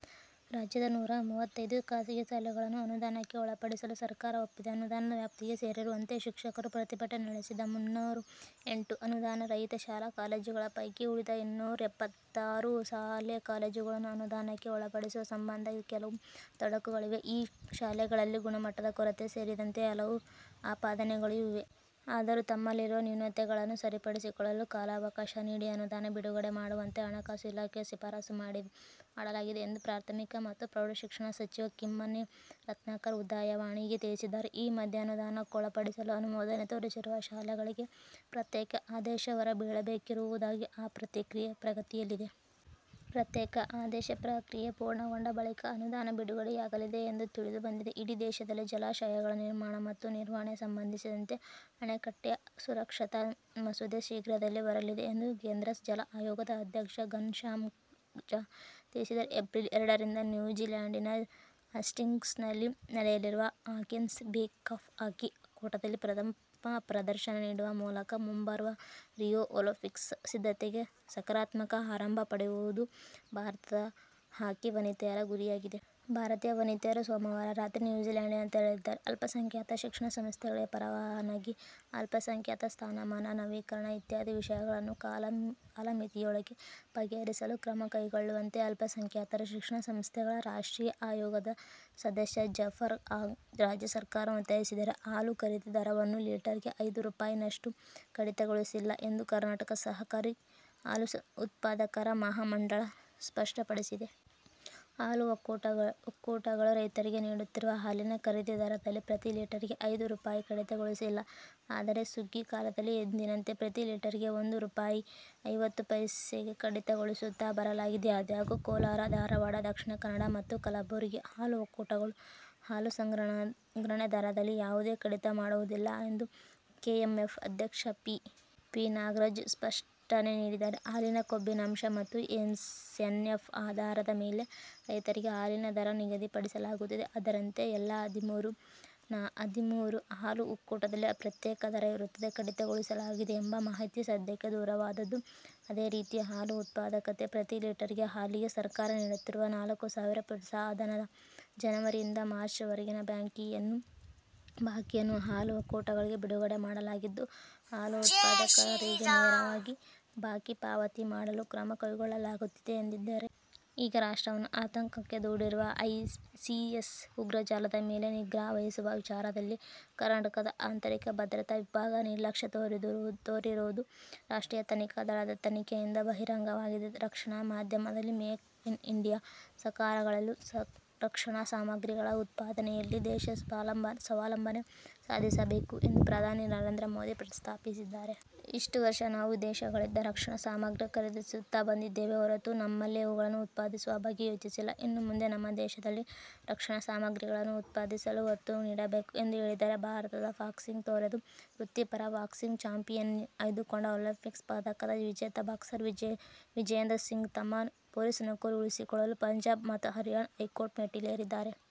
ರಾಜ್ಯದ ನೂರ ಮೂವತ್ತೈದು ಖಾಸಗಿ ಶಾಲೆಗಳನ್ನು ಅನುದಾನಕ್ಕೆ ಒಳಪಡಿಸಲು ಸರ್ಕಾರ ಒಪ್ಪಿದೆ. ಅನುದಾನದ ವ್ಯಾಪ್ತಿಗೆ ಸೇರಿಸುವಂತೆ ಶಿಕ್ಷಕರು ಪ್ರತಿಭಟನೆ ನಡೆಸಿದ್ದ ಮುನ್ನೂರ ಎಂಟು ಅನುದಾನ ರಹಿತ ಶಾಲಾ ಕಾಲೇಜುಗಳ ಪೈಕಿ ಉಳಿದ ಇನ್ನೂರ ಎಪ್ಪತ್ಮೂರು ಶಾಲಾ- ಕಾಲೇಜುಗಳನ್ನು ಅನುದಾನಕ್ಕೆ ಒಳಪಡಿಸುವ ಸಂಬಂಧ ಕೆಲವು ತೊಡಕುಗಳಿವೆ. ಈ ಶಾಲೆಗಳಲ್ಲಿ ಗುಣಮಟ್ಟದ ಕೊರತೆ ಸೇರಿದಂತೆ ಹಲವು ಆಪಾದನೆಗಳೂ ಇವೆ. ಆದರೂ ತಮ್ಮಲ್ಲಿರುವ ನ್ಯೂನತೆಗಳನ್ನು ಸರಿಪಡಿಸಿಕೊಳ್ಳಲು ಕಾಲಾವಕಾಶ ನೀಡಿ ಅನುದಾನ ಬಿಡುಗಡೆ ಮಾಡುವಂತೆ ಹಣಕಾಸು ಇಲಾಖೆಗೆ ಶಿಫಾರಸು ಮಾಡಲಾಗಿದೆ ಎಂದು ಪ್ರಾಥಮಿಕ ಮತ್ತು ಪ್ರೌಢ ಶಿಕ್ಷಣ ಸಚಿವ ಕಿಮ್ಮನೆ ರತ್ನಾಕರ '''ಉದಯವಾಣಿ''ಗೆ ತಿಳಿಸಿದ್ದಾರೆ. ಈ ಮಧ್ಯೆ ಅನುದಾನಕ್ಕೊಳಪಡಿಸಲು ಅನುಮೋದನೆ ದೊರೆತಿರುವ ಶಾಲೆಗಳಿಗೆ ಪ್ರತ್ಯೇಕ ಆದೇಶ ಹೊರಬೀಳಬೇಕಿರುವುದರಿಂದ ಆ ಪ್ರಕ್ರಿಯೆ ಪ್ರಗತಿಯಲ್ಲಿದೆ. ಪ್ರತ್ಯೇಕ ಆದೇಶ ಪ್ರಕ್ರಿಯೆ ಪೂರ್ಣಗೊಂಡ ಬಳಿಕ ಅನುದಾನ ಬಿಡುಗಡೆಯಾಗಲಿದೆ ಎಂದು ತಿಳಿದು ಬಂದಿದೆ. ಇಡೀ ದೇಶದಲ್ಲಿನ ಜಲಾಶಯಗಳ ನಿರ್ಮಾಣ ಮತ್ತು ನಿರ್ವಹಣೆಗೆ ಸಂಬಂಧಿಸಿದಂತೆ "ಅಣೆಕಟ್ಟೆ ಸುರಕ್ಷತಾ ಮಸೂದೆ' ಶೀಘ್ರದಲ್ಲೇ ಬರಲಿದೆ ಎಂದು ಕೇಂದ್ರ ಜಲ ಆಯೋಗದ ಅಧ್ಯಕ್ಷ ಘನಶ್ಯಾಮ್ ಝಾ ತಿಳಿಸಿದರು. ಎಪ್ರಿಲ್ ಎರಡರಿಂದ ನ್ಯೂಜಿಲ್ಯಾಂಡಿನ ಹಾಸ್ಟಿಂಗ್ಸ್ನಲ್ಲಿ ನಡೆಯಲಿರುವ ಹಾಕೆಸ್ ಬೇ ಕಪ್ ಹಾಕಿ ಕೂಟದಲ್ಲಿ ಉತ್ತಮ ಪ್ರದರ್ಶನ ನೀಡುವ ಮೂಲಕ ಮುಂಬರುವ ರಿಯೋ ಒಲಿಂಪಿಕ್ಸ್ ಸಿದ್ಧತೆಗೆ ಸಕಾರಾತ್ಮಕ ಆರಂಭ ಪಡೆಯುವುದು ಭಾರತ ಹಾಕಿ ವನಿತೆಯರ ಗುರಿಯಾಗಿದೆ. ಭಾರತೀಯ ವನಿತೆಯರು ಸೋಮವಾರ ರಾತ್ರಿ ನ್ಯೂಜಿಲ್ಯಾಂಡಿಗೆ ತೆರಳಿದ್ದಾರೆ. ಅಲ್ಪಸಂಖ್ಯಾತರ ಶಿಕ್ಷಣ ಸಂಸ್ಥೆಗಳಿಗೆ ಪರವಾನಗಿ, ಅಲ್ಪಸಂಖ್ಯಾತ ಸ್ಥಾನಮಾನ, ನವೀಕರಣ ಇತ್ಯಾದಿ ವಿಷಯಗಳನ್ನು ಕಾಲಮಿತಿಯೊಳಗೆ ಬಗೆಹರಿಸಲು ಕ್ರಮ ಕೈಗೊಳ್ಳುವಂತೆ ಅಲ್ಪಸಂಖ್ಯಾತರ ಶಿಕ್ಷಣ ಸಂಸ್ಥೆಗಳ ರಾಷ್ಟ್ರೀಯ ಆಯೋಗದ ಸದಸ್ಯ ಜಫರ್ ಆಗಾ ರಾಜ್ಯ ಸರ್ಕಾರವನ್ನು ಒತ್ತಾಯಿಸಿದ್ದಾರೆ. ಹಾಲು ಖರೀದಿ ದರವನ್ನು ಲೀಟರ್ಗೆ ಐದು ರೂಪಾಯಿ ನಷ್ಟು ಕಡಿತಗೊಳಿಸಿಲ್ಲ ಎಂದು ಕರ್ನಾಟಕ ಸಹಕಾರಿ ಹಾಲು ಉತ್ಪಾದಕರ ಮಹಾಮಂಡಳ ಸ್ಪಷ್ಟಪಡಿಸಿದೆ. ಹಾಲು ಒಕ್ಕೂಟಗಳು ರೈತರಿಗೆ ನೀಡುತ್ತಿರುವ ಹಾಲಿನ ಖರೀದಿ ದರದಲ್ಲಿ ಪ್ರತಿ ಲೀಟರ್ಗೆ ಐದು ರೂಪಾಯಿ ಕಡಿತಗೊಳಿಸಿಲ್ಲ. ಆದರೆ, ಸುಗ್ಗಿ ಕಾಲದಲ್ಲಿ ಎಂದಿನಂತೆ ಪ್ರತಿ ಲೀಟರ್ಗೆ ಒಂದು ರೂಪಾಯಿ ಐವತ್ತು ಪೈಸೆವರೆಗೆ ಕಡಿತಗೊಳಿಸುತ್ತಾ ಬರಲಾಗಿದೆ. ಅದಾಗ್ಯೂ ಕೋಲಾರ, ಧಾರವಾಡ, ದಕ್ಷಿಣ ಕನ್ನಡ ಮತ್ತು ಕಲಬುರಗಿ ಹಾಲು ಒಕ್ಕೂಟಗಳು ಹಾಲು ಸಂಗ್ರಹಣೆ ದರದಲ್ಲಿ ಯಾವುದೇ ಕಡಿತ ಮಾಡಿರುವುದಿಲ್ಲ ಎಂದು ಕೆಎಂಎಫ್ ಅಧ್ಯಕ್ಷ ಪಿ. ನಾಗರಾಜು ಸ್ಪಷ್ಟನೆ ನೀಡಿದ್ದಾರೆ. ಹಾಲಿನ ಕೊಬ್ಬಿನಾಂಶ ಮತ್ತು ಎಸ್ಎನ್ಎಫ್ ಆಧಾರದ ಮೇಲೆ ರೈತರಿಗೆ ಹಾಲಿನ ದರ ನಿಗದಿಪಡಿಸಲಾಗುತ್ತದೆ. ಅದರಂತೆ ಎಲ್ಲಾ ಹದಿಮೂರು ಹಾಲು ಒಕ್ಕೂಟಗಳಲ್ಲಿ ಪ್ರತ್ಯೇಕ ದರ ಇರುತ್ತದೆ. ಕಡಿತಗೊಳಿಸಲಾಗಿದೆ ಎಂಬ ಮಾಹಿತಿ ಸತ್ಯಕ್ಕೆ ದೂರವಾದದ್ದು. ಅದೇ ರೀತಿ ಹಾಲು ಉತ್ಪಾದಕರಿಗೆ ಪ್ರತಿ ಲೀಟರ್ ಹಾಲಿಗೆ ಸರ್ಕಾರ ನೀಡುತ್ತಿರುವ ನಾಲ್ಕು ರೂಪಾಯಿ ಪ್ರೋತ್ಸಾಹಧನದ ಜನವರಿಯಿಂದ ಮಾರ್ಚ್ವರೆಗಿನ ಬಾಕಿಯನ್ನು ಹಾಲು ಒಕ್ಕೂಟಗಳಿಗೆ ಬಿಡುಗಡೆ ಮಾಡಲಾಗಿದ್ದು, ಹಾಲು ಉತ್ಪಾದಕರಿಗೆ ನೇರವಾಗಿ ಬಾಕಿ ಪಾವತಿ ಮಾಡಲು ಕ್ರಮ ಕೈಗೊಳ್ಳಲಾಗುತ್ತಿದೆ ಎಂದಿದ್ದಾರೆ. ಈಗ ರಾಷ್ಟ್ರವನ್ನು ಆತಂಕಕ್ಕೆ ದೂಡಿರುವ ಐಸಿಸ್ ಉಗ್ರ ಜಾಲದ ಮೇಲೆ ನಿಗಾವಹಿಸುವ ವಿಚಾರದಲ್ಲಿ ಕರ್ನಾಟಕದ ಆಂತರಿಕ ಭದ್ರತಾ ವಿಭಾಗ ನಿರ್ಲಕ್ಷ್ಯ ತೋರಿರುವುದು ರಾಷ್ಟ್ರೀಯ ತನಿಖಾ ದಳದ ತನಿಖೆಯಿಂದ ಬಹಿರಂಗವಾಗಿದೆ. ರಕ್ಷಣಾ ಉದ್ಯಮದಲ್ಲೂ ಮೇಕ್ ಇನ್ ಇಂಡಿಯಾ ಸಾಕಾರಗೊಳಿಸಲು ರಕ್ಷಣಾಸಾಮಗ್ರಿಗಳ ಉತ್ಪಾದನೆಯಲ್ಲಿ ದೇಶ ಸ್ವಾವಲಂಬನೆ ಸಾಧಿಸಬೇಕು ಎಂದು ಪ್ರಧಾನಿ ನರೇಂದ್ರ ಮೋದಿ ಪ್ರತಿಪಾದಿಸಿದ್ದಾರೆ. ಇಷ್ಟು ವರ್ಷ ನಾವು ವಿದೇಶಗಳಿಂದ ರಕ್ಷಣಾ ಸಾಮಗ್ರಿ ಖರೀದಿಸುತ್ತ ಬಂದಿದ್ದೇವೆಯೇ ಹೊರತು ನಮ್ಮಲ್ಲೇ ಅವುಗಳನ್ನು ಉತ್ಪಾದಿಸುವ ಬಗ್ಗೆ ಯೋಚಿಸಲಿಲ್ಲ. ಇನ್ನು ಮುಂದೆ ನಮ್ಮ ದೇಶದಲ್ಲೇ ರಕ್ಷಣಾ ಸಾಮಗ್ರಿಗಳನ್ನು ಉತ್ಪಾದಿ ಸಲು ಒತ್ತು ನೀಡಬೇಕು ಎಂದೂ ಹೇಳಿದ್ದಾರೆ. ಭಾರತದ ಬಾಕ್ಸಿಂಗ್ ತೊರೆದು ವೃತ್ತಿ ಪರ ಬಾಕ್ಸಿಂಗ್ ಚಾಂಪಿಯನ್ಶಿಪ್ ಆಯ್ದುಕೊಂಡ ಒಲಿಂಪಿಕ್ಸ್ ಪದಕ ವಿಜೇತ ಬಾಕ್ಸರ್ ವಿಜೇಂದರ್ ಸಿಂಗ್ ತಮ್ಮ ಪೊಲೀಸ್ ನೌಕರಿ ಉಳಿಸಿಕೊಳ್ಳಲು ಪಂಜಾಬ್ ಮತ್ತು ಹರಿಯಾಣ ಹೈಕೋರ್ಟ್ ಮೆಟ್ಟಿಲೇರಿದ್ದಾರೆ.